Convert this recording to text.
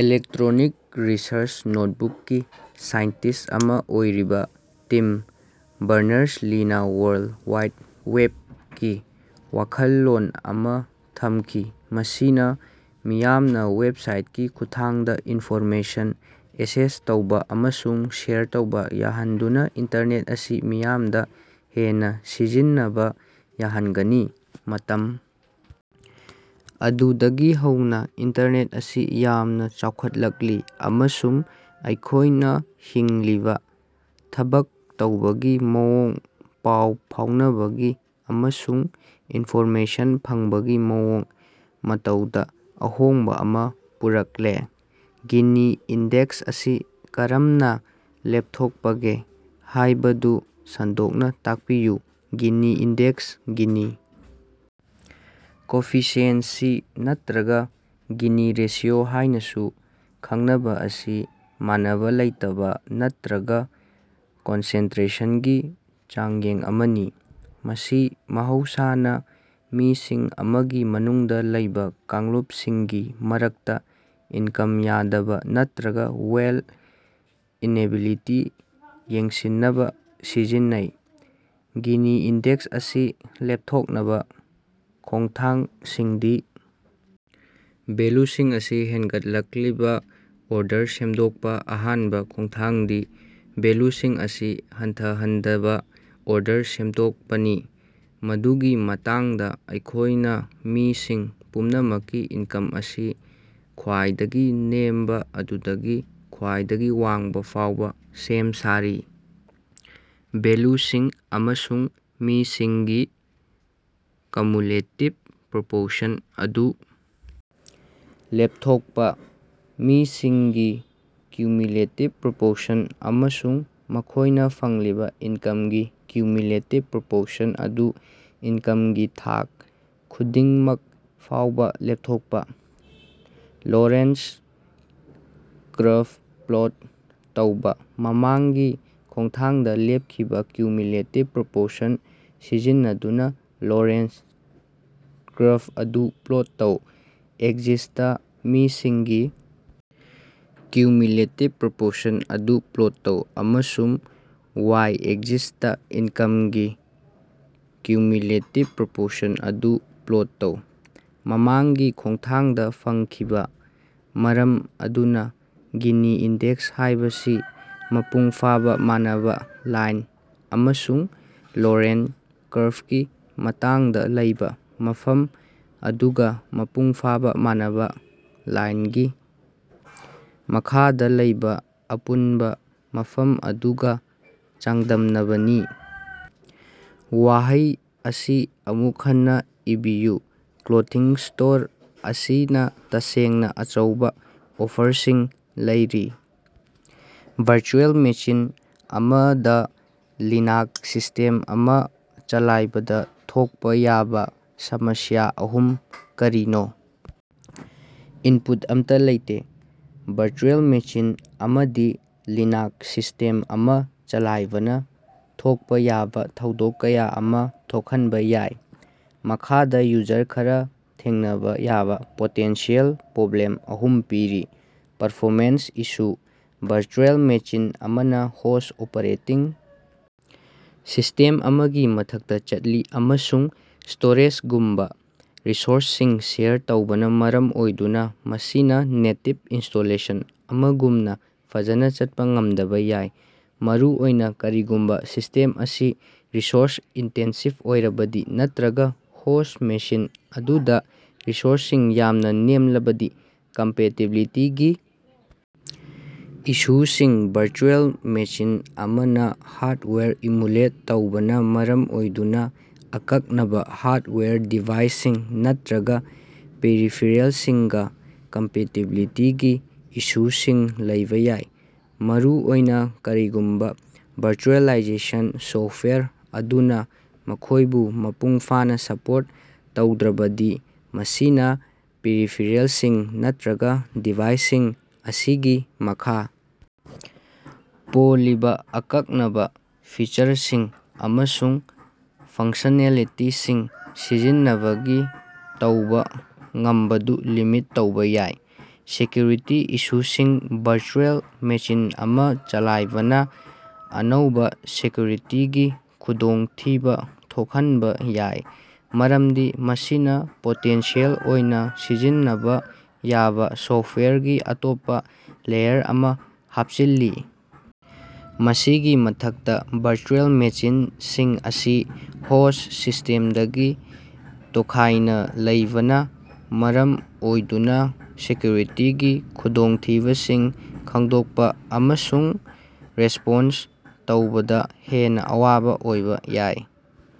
Electronic research notebook ꯒꯤ scientist ꯑꯃ ꯑꯣꯏꯔꯤꯕ ꯇꯤꯝ ꯕꯔꯅꯔꯁ-ꯂꯤꯅ ꯋꯥꯔꯜꯗ ꯋꯥꯏꯗ ꯋꯦꯕꯀꯤ ꯋꯥꯈꯜꯂꯣꯟ ꯑꯃ ꯊꯝꯈꯤ ꯃꯁꯤꯅ ꯃꯤꯌꯥꯝꯅ ꯋꯦꯕꯁꯥꯏꯠꯀꯤ ꯈꯨꯠꯊꯥꯡꯗ ꯏꯟꯐꯣꯔꯃꯦꯁꯟ ꯑꯦꯛꯁꯦꯁ ꯇꯧꯕ ꯑꯃꯁꯨꯡ ꯁꯦꯌꯔ ꯇꯧꯕ ꯌꯥꯍꯟꯗꯨꯅ ꯏꯟꯇꯔꯅꯦꯠ ꯑꯁꯤ ꯃꯤꯌꯥꯝꯗ ꯍꯦꯟꯅ ꯁꯤꯖꯤꯟꯅꯕ ꯌꯥꯍꯟꯒꯅꯤ꯫ ꯃꯇꯝ ꯑꯗꯨꯗꯒꯤ ꯍꯧꯅ ꯏꯟꯇꯔꯅꯦꯠ ꯑꯁꯤ ꯌꯥꯝꯅ ꯆꯥꯎꯈꯠꯂꯛꯂꯤ ꯑꯃꯁꯨꯡ ꯑꯩꯈꯣꯢꯅ ꯍꯤꯡꯂꯤꯕ ꯊꯕꯛ ꯇꯧꯕꯒꯤ ꯃꯑꯣꯡ ꯄꯥꯎ ꯐꯥꯎꯅꯕꯒꯤ ꯑꯃꯁꯨꯡ ꯏꯟꯐꯣꯔꯃꯦꯁꯟ ꯐꯪꯕꯒꯤ ꯃꯑꯣꯡ ꯃꯇꯧꯗ ꯑꯍꯣꯡꯕ ꯑꯃ ꯄꯨꯔꯛꯂꯦ꯫ ꯒꯤꯅꯤ ꯏꯟꯗꯦꯛꯁ ꯑꯁꯤ ꯀꯔꯝꯅ ꯂꯦꯞꯊꯣꯛꯄꯒꯦ ꯍꯥꯢꯕꯗꯨ ꯁꯟꯗꯣꯛꯅ ꯇꯥꯛꯄꯤꯌꯨ꯫ ꯒꯤꯅꯤ ꯏꯟꯗꯦꯛꯁ ꯒꯤꯅꯤ ꯀꯣꯑꯣꯐꯤꯁꯤꯑꯦꯟꯁꯤ ꯅꯠꯇ꯭ꯔꯒ ꯒꯤꯅꯤ ꯔꯦꯁꯤꯑꯣ ꯍꯥꯢꯅꯥꯁꯨ ꯈꯪꯅꯕꯥ ꯑꯁꯤ ꯃꯥꯟꯅꯕ ꯂꯩꯇꯕꯥ ꯅꯠꯇ꯭ꯔꯒ ꯀꯟꯁꯦꯟꯇꯔꯦꯁꯟꯒꯤ ꯆꯥꯡꯌꯦꯡ ꯑꯃꯅꯤ꯫ ꯃꯁꯤ ꯃꯍꯧꯁꯥꯅ ꯃꯤꯁꯤꯡ ꯑꯃꯒꯤ ꯃꯅꯨꯡꯗ ꯂꯩꯕꯥ ꯀꯥꯡꯂꯨꯞꯁꯤꯡꯒꯤ ꯃꯔꯛꯇ ꯏꯟꯀꯝ ꯌꯥꯗꯕ ꯅꯠꯇ꯭ꯔꯒ ꯋꯦꯂꯊ ꯏꯟꯑꯦꯕꯦꯂꯤꯇꯤ ꯌꯦꯡꯁꯤꯟꯅꯕꯥ ꯁꯤꯖꯤꯟꯅꯩ꯫ ꯒꯤꯅꯤ ꯏꯟꯗꯦꯛꯁ ꯑꯁꯤ ꯂꯦꯞꯊꯣꯛꯅꯕ ꯈꯣꯡꯊꯥꯡꯁꯤꯡꯗꯤ: ꯚꯦꯜꯌꯨꯁꯤꯡ ꯑꯁꯤ ꯍꯦꯟꯒꯠꯂꯛꯂꯤꯕꯥ ꯑꯣꯔꯗꯔꯗ ꯁꯦꯝꯗꯣꯛꯄ ꯑꯍꯥꯟꯕ ꯈꯣꯡꯊꯥꯡꯗꯤ ꯚꯦꯜꯌꯨꯁꯤꯡ ꯑꯁꯤ ꯍꯟꯊꯍꯟꯗꯕ ꯑꯣꯔꯗꯔꯗ ꯁꯦꯝꯗꯣꯛꯄꯅꯤ꯫ ꯃꯗꯨꯒꯤ ꯃꯇꯨꯡꯗꯥ ꯑꯩꯈꯣꯢꯅ ꯃꯤꯁꯤꯡ ꯄꯨꯝꯅꯃꯛꯀꯤ ꯏꯟꯀꯝ ꯑꯁꯤ ꯈ꯭ꯋꯥꯏꯗꯒꯤ ꯅꯦꯝꯕ ꯑꯗꯨꯗꯒꯤ ꯈ꯭ꯋꯥꯏꯗꯒꯤ ꯋꯥꯡꯕ ꯐꯥꯎꯕ ꯁꯦꯝ ꯁꯥꯔꯤ꯫ ꯚꯦꯜꯌꯨꯁꯤꯡ ꯑꯃꯁꯨꯡ ꯃꯤꯁꯤꯡꯒꯤ ꯀ꯭ꯌꯨꯃꯨꯂꯦꯇꯤꯕ ꯄ꯭ꯔꯣꯄꯣꯔꯁꯟ ꯑꯗꯨ ꯂꯦꯞꯊꯣꯛꯄ: ꯃꯤꯁꯤꯡꯒꯤ ꯀ꯭ꯌꯨꯃꯨꯂꯦꯇꯤꯕ ꯄ꯭ꯔꯣꯄꯣꯔꯁꯟ ꯑꯃꯁꯨꯡ ꯃꯈꯣꯢꯅ ꯐꯪꯂꯤꯕꯥ ꯏꯟꯀꯝꯒꯤ ꯀ꯭ꯌꯨꯃꯨꯂꯦꯇꯤꯕ ꯄ꯭ꯔꯣꯄꯣꯔꯁꯟ ꯑꯗꯨ ꯏꯟꯀꯝꯒꯤ ꯊꯥꯛ ꯈꯨꯗꯤꯡꯃꯛ ꯐꯥꯎꯕ ꯂꯦꯞꯊꯣꯛꯄ꯫ ꯂꯣꯔꯦꯟꯁ ꯀꯔꯕ ꯄ꯭ꯂꯣꯠ ꯇꯧꯕꯥ: ꯃꯃꯥꯡꯒꯤ ꯈꯣꯡꯊꯥꯡꯗ ꯂꯦꯞꯈꯤꯕ ꯀ꯭ꯌꯨꯃꯨꯂꯦꯇꯤꯕ ꯄ꯭ꯔꯣꯄꯣꯔꯁꯟꯁꯤꯡ ꯁꯤꯖꯤꯟꯅꯗꯨꯅ ꯂꯣꯔꯦꯟꯁ ꯀꯔꯕ ꯑꯗꯨ ꯄ꯭ꯂꯣꯠ ꯇꯧ꯫ ꯑꯦꯛꯁꯤꯁꯇ ꯃꯤꯁꯤꯡꯒꯤ ꯀ꯭ꯌꯨꯃꯨꯂꯦꯇꯤꯕ ꯄ꯭ꯔꯣꯄꯣꯔꯁꯟ ꯑꯗꯨ ꯄ꯭ꯂꯣꯠ ꯇꯧ ꯑꯃꯁꯨꯡ ꯋꯥꯏ-ꯑꯦꯛꯁꯤꯁꯇ ꯏꯟꯀꯝꯒꯤ ꯀ꯭ꯌꯨꯃꯨꯂꯦꯇꯤꯕ ꯄ꯭ꯔꯣꯄꯣꯔꯁꯟ ꯑꯗꯨ ꯄ꯭ꯂꯣꯠ ꯇꯧ꯫ ꯃꯃꯥꯡꯒꯤ ꯈꯣꯡꯊꯥꯡꯗꯥ ꯐꯪꯈꯤꯕꯥ꯫ ꯃꯔꯝ ꯑꯗꯨꯅꯥ ꯒꯤꯅꯤ ꯏꯟꯗꯦꯛꯁ ꯍꯥꯢꯕꯁꯤ ꯃꯄꯨꯡ ꯐꯥꯕ ꯃꯥꯟꯅꯕ ꯂꯥꯏꯟ ꯑꯃꯁꯨꯡ ꯂꯣꯔꯦꯟꯁ ꯀꯔꯕꯀꯤ ꯃꯔꯛꯇꯥ ꯂꯩꯕꯥ ꯃꯐꯝ ꯑꯗꯨꯒ ꯃꯄꯨꯡ ꯐꯥꯕ ꯃꯥꯟꯅꯕ ꯂꯥꯏꯅꯒꯤ ꯃꯈꯥꯗ ꯂꯩꯕꯥ ꯑꯄꯨꯟꯕ ꯃꯐꯝ ꯑꯗꯨꯒ ꯆꯥꯡꯗꯝꯅꯕꯅꯤ꯫ ꯋꯥꯍꯩ ꯑꯁꯤ ꯑꯃꯨꯛ ꯍꯟꯅ ꯏꯕꯤꯌꯨ ꯀ꯭ꯂꯣꯇꯤꯡ ꯁ꯭ꯇꯣꯔ ꯑꯁꯤꯅ ꯇꯁꯦꯡꯅ ꯑꯆꯧꯕ ꯑꯣꯐꯔꯁꯤꯡ ꯂꯩꯔꯤ꯫ ꯚꯔꯆꯨꯑꯦꯜ ꯃꯦꯁꯤꯟ ꯑꯃꯗꯥ ꯂꯤꯅꯥꯛꯁ ꯁꯤꯁꯇꯦꯝ ꯑꯃ ꯆꯂꯥꯏꯕꯗ ꯊꯣꯛꯄ ꯌꯥꯕ ꯁꯃꯁ꯭ꯌꯥ ꯑꯍꯨꯝ ꯀꯔꯤꯅꯣ? ꯏꯟꯄꯨꯠ ꯑꯃꯠꯇꯥ ꯂꯩꯇꯦ꯫ ꯚꯔꯆꯨꯑꯦꯜ ꯃꯦꯁꯤꯟ ꯑꯃꯗ ꯂꯤꯅꯥꯛꯁ ꯁꯤꯁꯇꯦꯝ ꯑꯃ ꯆꯂꯥꯏꯕꯅ ꯊꯣꯛꯄ ꯌꯥꯕ ꯊꯧꯗꯣꯛ ꯀꯌꯥ ꯑꯃ ꯊꯣꯛꯍꯟꯕ ꯌꯥꯏ꯫ ꯃꯈꯥꯗ ꯌꯨꯖꯔ ꯈꯔꯅ ꯊꯦꯡꯅꯕ ꯌꯥꯕꯥ ꯄꯣꯇꯦꯟꯁꯤꯑꯦꯜ ꯄ꯭ꯔꯣꯕ꯭ꯂꯦꯝ ꯑꯍꯨꯝ ꯄꯤꯔꯤ: ꯄꯔꯐꯣꯃꯦꯟꯁ ꯏꯁꯨꯁꯤꯡ: ꯚꯔꯆꯨꯑꯦꯜ ꯃꯦꯁꯤꯟ ꯑꯃꯅ ꯍꯣꯁ꯭ꯠ ꯑꯣꯄꯔꯦꯇꯤꯡ ꯁꯤꯁꯇꯦꯝ ꯑꯃꯒꯤ ꯃꯊꯛꯇ ꯆꯠꯂꯤ ꯑꯃꯁꯨꯡ ꯁ꯭ꯇꯣꯔꯦꯖꯒꯨꯝꯕ ꯔꯤꯁꯣꯔꯁꯁꯤꯡ ꯁꯦꯌꯔ ꯇꯧꯕꯅ ꯃꯔꯝ ꯑꯣꯏꯗꯨꯅ ꯃꯁꯤꯅ ꯅꯦꯇꯤꯚ ꯏꯟꯁ꯭ꯇꯣꯂꯦꯁꯟ ꯑꯃꯒꯨꯝꯅ ꯐꯖꯅ ꯆꯠꯄ ꯉꯝꯗꯕ ꯌꯥꯏ꯫ ꯃꯔꯨꯑꯣꯏꯅ ꯀꯔꯤꯒꯨꯝꯕ ꯁꯤꯁꯇꯦꯝ ꯑꯁꯤ ꯔꯤꯁꯣꯔꯁ-ꯏꯟꯇꯦꯟꯁꯤꯕ ꯑꯣꯏꯔꯕꯗꯤ ꯅꯠꯇ꯭ꯔꯒ ꯍꯣꯁ꯭ꯠ ꯃꯦꯁꯤꯟ ꯑꯗꯨꯗ ꯔꯤꯁꯣꯔꯁꯁꯤꯡ ꯌꯥꯝꯅ ꯅꯦꯝꯂꯕꯗꯤ꯫ ꯀꯝꯄꯦꯇꯤꯕꯤꯂꯤꯇꯤꯒꯤ ꯏꯁꯨꯁꯤꯡ: ꯚꯔꯆꯨꯑꯦꯜ ꯃꯦꯁꯤꯟ ꯑꯃꯅ ꯍꯥꯔꯗꯋꯥꯌꯔ ꯏꯃꯨꯂꯦꯠ ꯇꯧꯕꯅ ꯃꯔꯝ ꯑꯣꯏꯗꯨꯅ ꯑꯀꯛꯅꯕ ꯍꯥꯔꯗꯋꯥꯌꯔ ꯗꯤꯚꯥꯏꯁꯁꯤꯡ ꯅꯠꯇ꯭ꯔꯒ ꯄꯦꯔꯤꯐꯦꯔꯦꯜꯁꯤꯡꯒ ꯀꯝꯄꯦꯇꯤꯕꯤꯂꯤꯇꯤꯒꯤ ꯏꯁꯨꯁꯤꯡ ꯂꯩꯕꯥ ꯌꯥꯏ ꯃꯔꯨꯑꯣꯏꯅ ꯀꯔꯤꯒꯨꯝꯕ ꯚꯔꯆꯨꯑꯦꯂꯥꯏꯖꯦꯁꯟ ꯁꯣꯐꯇꯋꯥꯌꯔ ꯑꯗꯨꯅ ꯃꯈꯣꯢꯕꯨ ꯃꯄꯨꯡꯐꯥꯅ ꯁꯞꯄꯣꯔꯠ ꯇꯧꯗ꯭ꯔꯕꯗꯤ ꯃꯁꯤꯅ ꯄꯦꯔꯤꯐꯦꯔꯦꯜꯁꯤꯡ ꯅꯠꯇ꯭ꯔꯒ ꯗꯤꯚꯥꯏꯁꯁꯤꯡ ꯑꯁꯤꯒꯤ ꯃꯈꯥ ꯄꯣꯜꯂꯤꯕꯥ ꯑꯀꯛꯅꯕ ꯐꯤꯆꯔꯁꯤꯡ ꯑꯃꯁꯨꯡ ꯐꯡꯀꯁꯅꯦꯂꯤꯇꯤꯁꯤꯡ ꯁꯤꯖꯤꯟꯅꯕꯒꯤ ꯇꯧꯕ ꯉꯝꯕꯗꯨ ꯂꯤꯃꯤꯠ ꯇꯧꯕꯥ ꯌꯥꯏ꯫ ꯁꯦꯀ꯭ꯌꯨꯔꯤꯇꯤ ꯏꯁꯨꯁꯤꯡ: ꯚꯔꯆꯨꯑꯦꯜ ꯃꯦꯁꯤꯟ ꯑꯃ ꯆꯂꯥꯏꯕꯅ ꯑꯅꯧꯕꯥ ꯁꯦꯀ꯭ꯌꯨꯔꯤꯇꯤꯒꯤ ꯈꯨꯗꯣꯡꯊꯤꯕ ꯊꯣꯛꯍꯟꯕꯥ ꯌꯥꯏ ꯃꯔꯝꯗꯤ ꯃꯁꯤꯅ ꯄꯣꯇꯦꯟꯁꯤꯑꯦꯜ ꯑꯣꯏꯅ ꯁꯤꯖꯤꯟꯅꯕ ꯌꯥꯕ ꯁꯣꯐꯇꯋꯥꯌꯔꯒꯤ ꯑꯇꯣꯞꯄ ꯂꯦꯌꯔ ꯑꯃ ꯍꯥꯞꯆꯤꯜꯂꯤ꯫ ꯃꯁꯤꯒꯤ ꯃꯊꯛꯇ ꯚꯔꯆꯨꯑꯦꯜ ꯃꯦꯁꯤꯟꯁꯤꯡ ꯑꯁꯤ ꯍꯣꯁ꯭ꯠ ꯁꯤꯁꯇꯦꯝꯗꯒꯤ ꯇꯣꯈꯥꯢꯅ ꯂꯩꯕꯅ ꯃꯔꯝ ꯑꯣꯏꯗꯨꯅ ꯁꯦꯀ꯭ꯌꯨꯔꯤꯇꯤꯒꯤ ꯈꯨꯗꯣꯡꯊꯤꯕꯁꯤꯡ ꯈꯪꯗꯣꯛꯄꯥ ꯑꯃꯁꯨꯡ ꯔꯦꯁꯄꯣꯟꯁ ꯇꯧꯕꯗ ꯍꯦꯟꯅ ꯑꯋꯥꯕ ꯑꯣꯏꯕ ꯌꯥꯏ꯫